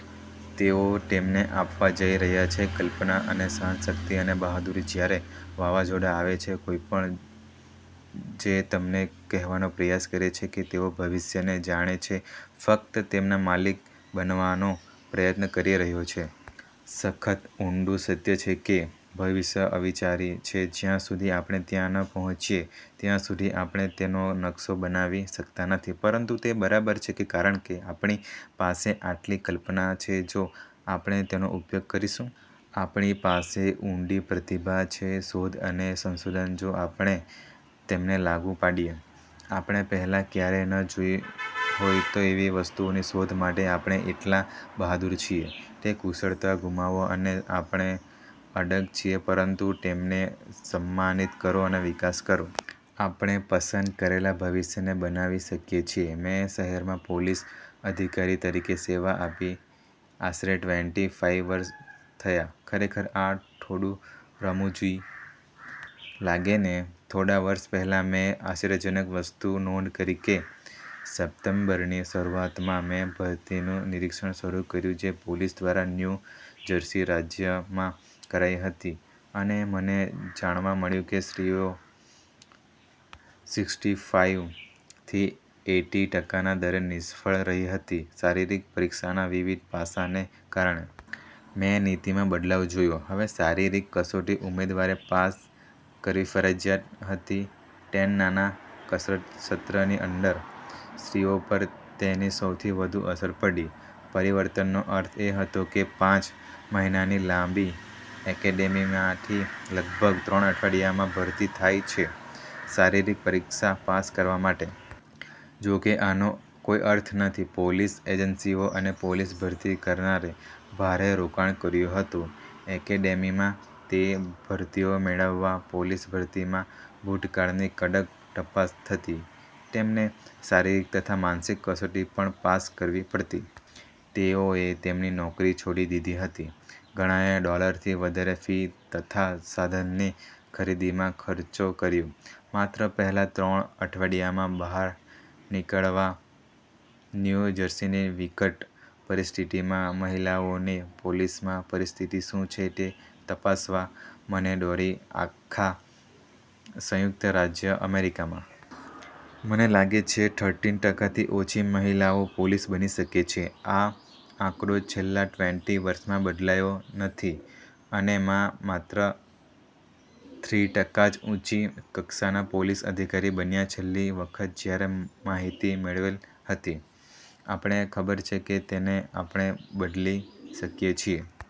તેઓ તેમને આપવા જઈ રહ્યા છે કલ્પના અને સહનશક્તિ અને બહાદુરી જ્યારે વાવાઝોડા આવે છે. કોઈપણ જે તમને કહેવાનો પ્રયાસ કરે છે કે તેઓ ભવિષ્યને જાણે છે ફક્ત તેમના માલિક બનવાનો પ્રયત્ન કરી રહ્યો છે. સખત ઊંડૂ સત્ય છે કે ભવિષ્ય અવિચારી છે. જ્યાં સુધી આપણે ત્યાં ન પહોંચીએ, ત્યાં સુધી આપણે તેનો નકશો બનાવી શકતા નથી. પરંતુ તે બરાબર છે કારણ કે આપણી પાસે આટલી કલ્પના છે જો આપણે તેનો ઉપયોગ કરીશું. આપણી પાસે ઉંડી પ્રતિભા છે શોધ અને સંશોધન જો આપણે તેમને લાગુ પાડીએ. આપણે પહેલાં ક્યારેય ન જોઈ હોય તેવી વસ્તુઓની શોધ માટે આપણે એટલા બહાદુર છીએ. તે કુશળતા ગુમાવો અને આપણે અડગ છીએ પરંતુ તેમને સન્માનિત કરો અને વિકાસ કરો. આપણે પસંદ કરેલા ભવિષ્યને બનાવી શકીએ છીએ. મેં શહેરમાં પોલીસ અધિકારી તરીકે સેવા આપી આશરે ટ્વેન્ટી ફાઈવ વર્ષ થયા. ખરેખર આ થોડું રમુજી લાગે ને? થોડા વર્ષ પેહલા મેં આશ્ચર્યજનક વસ્તુ નોંધ કરી કે સપ્ટેમ્બરની શરૂઆતમાં મેં ભરતીનું નિરીક્ષણ શરુ કર્યું જે પોલીસ દ્વારા ન્યૂ જર્સી રાજ્યમાં કરાઈ રહી હતી અને મને જાણવા મળ્યું કે સ્ત્રીઓ સિક્સટી ફાઈવ થી એઈટી ટકાના દરે નિષ્ફળ રહી હતી શારીરિક પરીક્ષાના વિવિધ પાસા ને કારણે. મેં નીતિમાં બદલાવ જોયો. હવે શારીરિક કસોટી ઉમેદવારે પાસ કરવી ફરજીયાત હતી ટેન નાના કસરત સત્રની અંદર. સ્ત્રીઓ પર તેની સૌથી વધુ અસર પડી. પરિવર્તનનો અર્થ એ હતો કે પાંચ મહિનાની લાંબી એકેડેમીમાંથી લગભગ ત્રણ અઠવાડિયામાં ભરતી થાય છે શારીરિક પરીક્ષા પાસ કરવા માટે. જોકે આનો કોઈ અર્થ નથી. પોલીસ એજન્સીઓ અને પોલીસ ભરતી કરનારે ભારે રોકાણ કર્યું હતું એકેડેમીમાં તે ભરતીઓ મેળવવા. પોલીસ ભરતીમાં ભૂતકાળની કડક તાપસ થતી, તેમને શારીરિક તથા માનસિક કસોટી પણ પાસ કરવી પડતી. તેઓએ તેમની નોકરી છોડી દીધી હતી. ઘણાએ ડોલરથી વધારે ફી તથા સાધનની ખરીદીમાં ખર્ચો કર્યો. માત્ર પહેલા ત્રણ અઠવાડિયામાં બહાર નીકળવા? ન્યુ જર્સીની વિકટ પરિસ્થિતિમાં મહિલાઓની પોલીસમાં પરિસ્થિતિ શું છે તે તપાસવા મને દોરી આખા સંયુક્ત રાજ્ય અમેરિકામાં. મને લાગે છે થર્ટીન ટકાથી ઓછી મહિલાઓ પોલીસ બની શકે છે. આ આંકડો છેલ્લા ટ્વેન્ટી વર્ષમાં બદલાયો નથી. અને માં માત્ર થ્રી ટકા જ ઊંચી કક્ષાના પોલીસ અધિકારી બન્યા છેલ્લી વખત જયારે માહિતી મેળવેલ હતી. આપણે ખબર છે કે તેને આપણે બદલી શકીયે છીએ.